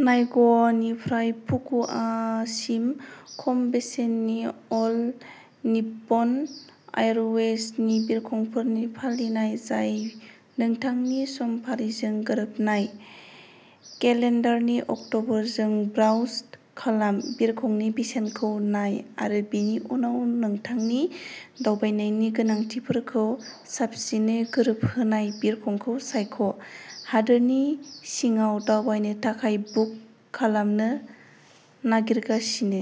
नाग' यानिफ्राय फुकुअ'कासिम खम बेसेननि अल निपब'न आएरवेजनि बिरखंफोरनि फालिनाय जाय नोंथांनि समफारिजों गोरोबनाय। केलेन्डारनि अक्ट'फोरजों ब्राउज खालाम, बिरखंनि बेसेनखौ नाय, आरो बेनि उनाव नोंथांनि दावबायनायनि गोनांथिफोरखौ साबसिनै गोरोबहोनाय बिरखंखौ सायख'। हादोरनि सिङाव दावबायनो थाखाय बुक खालामनो नागिरगासिनो?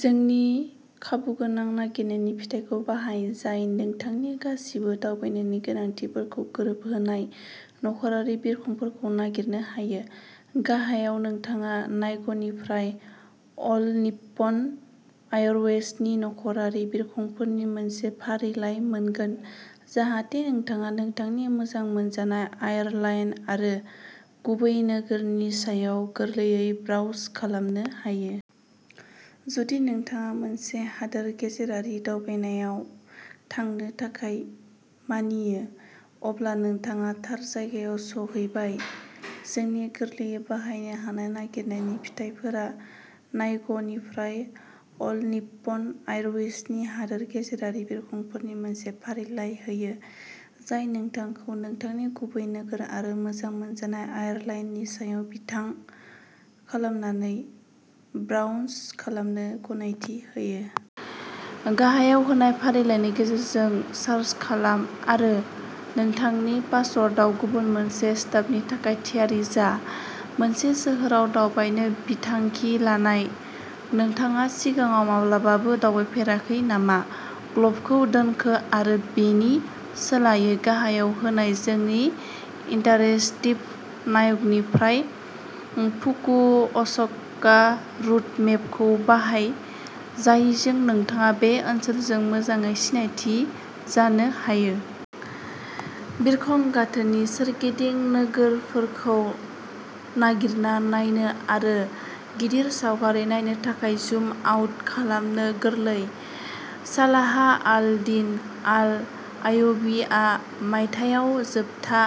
जोंनि खाबुगोनां नागिरनायनि फिथायखौ बाहाय जाय नोंथांनि गासिबो दावबायनायनि गोनांथिफोरखौ गोरोबहोनाय नखरारि बिरखंफोरखौ नागिरनो हायो। गाहायाव नोंथाङा नायग'निफ्राय अल निप्प'न आएरवेजनि नखरारि बिरखंफोरनि मोनसे फारिलाइ मोनगोन, जाहाथे नोंथाङा नोंथांनि मोजां मोनजानाय एयारलाइन आरो गुबै नोगोरनि सायाव गोरलैयै ब्राउज खालामनो हायो। जुदि नोंथाङा मोनसे हादोर गेजेरारि दावबायनायाव थांनो थाखाय मानियो, अब्ला नोंथाङा थार जायगायाव सफैबाय। जोंनि गोरलैयै बाहायनो हानाय नागिरनायनि फिथायफोरा नायग'निफ्राय अल निप्प'न आएयरवेजनि हादोर गेजेरारि बिरखंफोरनि मोनसे फारिलाइ होयो, जाय नोंथांखौ नोंथांनि गुबै नोगोर आरो मोजां मोनजानाय आएयार लाइननि सायाव बिथा खालामनानै ब्राउज खालामनो गनायथि होयो। गाहायाव होनाय फारिलाइनि गेजेरजों सार्स खालाम आरो नोंथांनि पासपोर्टआव गुबुन मोनसे स्टाम्पनि थाखाय थियारि जा। मोनसे सोहोराव दावबायनो बिथांखि लानाय। नोंथाङा सिगाङाव माब्लाबाबो दावबायफेराखै नामा? ग्ल'बखौ दोनखो आरो बेनि सोलायै गाहायाव होनाय जोंनि इन्टारेसटिभ नायग'निफ्राय फुकुअ'सका रुट मेपखौ बाहाय, जायजों नोंथाङा बे ओनसोलजों मोजाङै सिनायथि जानो हायो। बिरखं गाथोननि सोरगिदिं नोगोरफोरखौ नागिरना नायनो आरो गिदिर सावगारि नायनो थाखाय जुम आउट खालामनो गोरलै। सालाह अल-दीन अल-अयुबी आ मायथाइयाव जोबथा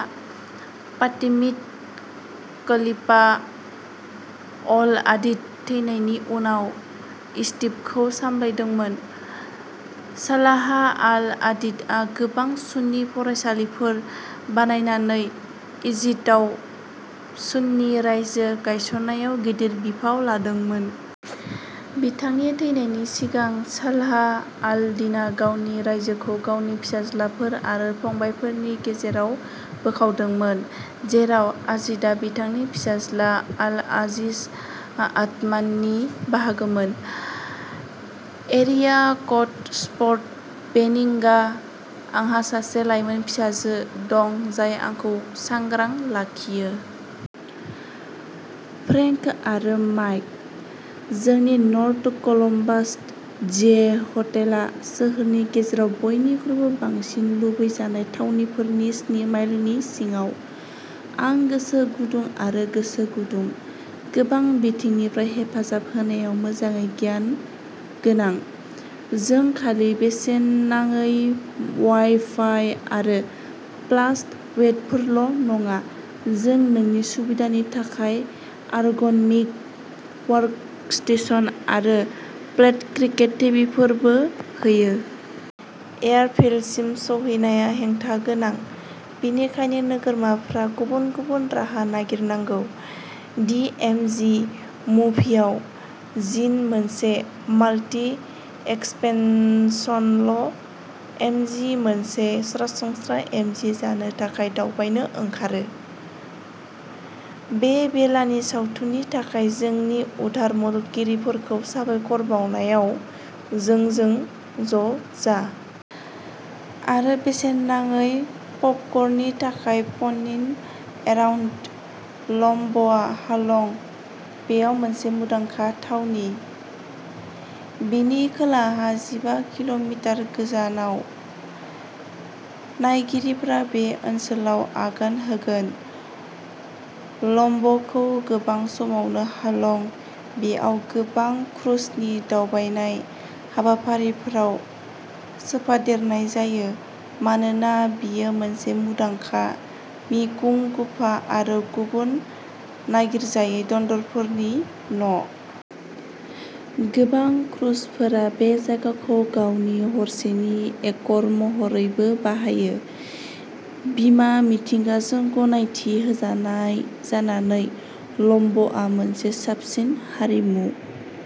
फातिमिद खलीफा अल-आदिदनि थैनायनि उनाव इजिप्टखौ सामलायदोंमोन। सालाहा अल-दिनआ गोबां सुन्नी फरायसालिफोर बानायनानै इजिटआव सुन्नी रायजो गायसननायाव गिदिर बिफाव लादोंमोन। बिथांनि थैनायनि सिगां, सालाह आल-दिनआ गावनि रायजोखौ गावनि फिसाज्लाफोर आरो फंबायफोरनि गेजेराव बोखावदोंमोन, जेराव आजिप्टआ बिथांनि फिसाज्ला आल-आजिज आथमाननि बाहागोमोन। एरिया क'ड फर्ट बेनिं गा। आंहा सासे लाइमोन फिसाजो दं जाय आंखौ सांग्रां लाखियो। फ्रेंक आरो माइक। जोंनि नर्थ कलम्बास, जे हटेलआ सोहोरनि गेजेराव बयनिख्रुइ बांसिन लुबैजानाय थावनिफोरनि स्नि माइलनि सिङाव। आं गोसो गुदुं आरो गोसो गुदुं। गोबां बिथिंनिफ्राय हेफाजाब होनायाव मोजाङै गियान गोनां। जों खालि बेसेन नाङै वाइ-फाइ आरो प्लास बेडफोरल' नङा, जों नोंनि सुबिदानि थाखाय आर्ग'निक वर्कस्टेशन आरो फ्लेट-क्रिकेट टिभिफोरबो होयो। एयारफील्डसिम सौहैनाया हेंथा गोनां, बेनिखायनो नोगोरमाफोरा गुबुन गुबुन राहा नागिरनांगौ। दि इम'जि मुभिआव, जिन, मोनसे माल्टि-एक्सप्रेसनल इम'जि, मोनसे सरासनस्रा इम'जि जानो थाखाय दावबायनो ओंखारो। बे बेलानि सावथुननि थाखाय जोंनि उदार मददगिरिफोरखौ साबायखर बावनायाव जोंजों ज' जा। आरो बेसेन नाङै पपकर्ननि थाखाय पपिन' एराउन्ड। ल'म ब'आ हालं बेआव मोनसे मुंदाखा थावनि। बेनि खोलाहा जिबा किल'मिटार गोजानाव, नायगिरिफोरा बे ओनसोलाव आगान होगोन। ल'म ब'खौ गोबां समावनो हालं बेआव गोबां क्रुजनि दावबायनाय हाबाफारिफोराव सोफादेरनाय जायो मानोना बेयो मोनसे मुंदांखा मि कुं गुफा आरो गुबुन नागिरजायै दन्दरफोरनि न'। गोबां क्रुजफोरा बे जायगाखौ गावनि हरसेनि एंकर महरैबो बाहायो। बिमा मिथिंगाजों गनायथि होजानाय जानानै, ल'म ब'आ मोनसे साबसिन आरिमु।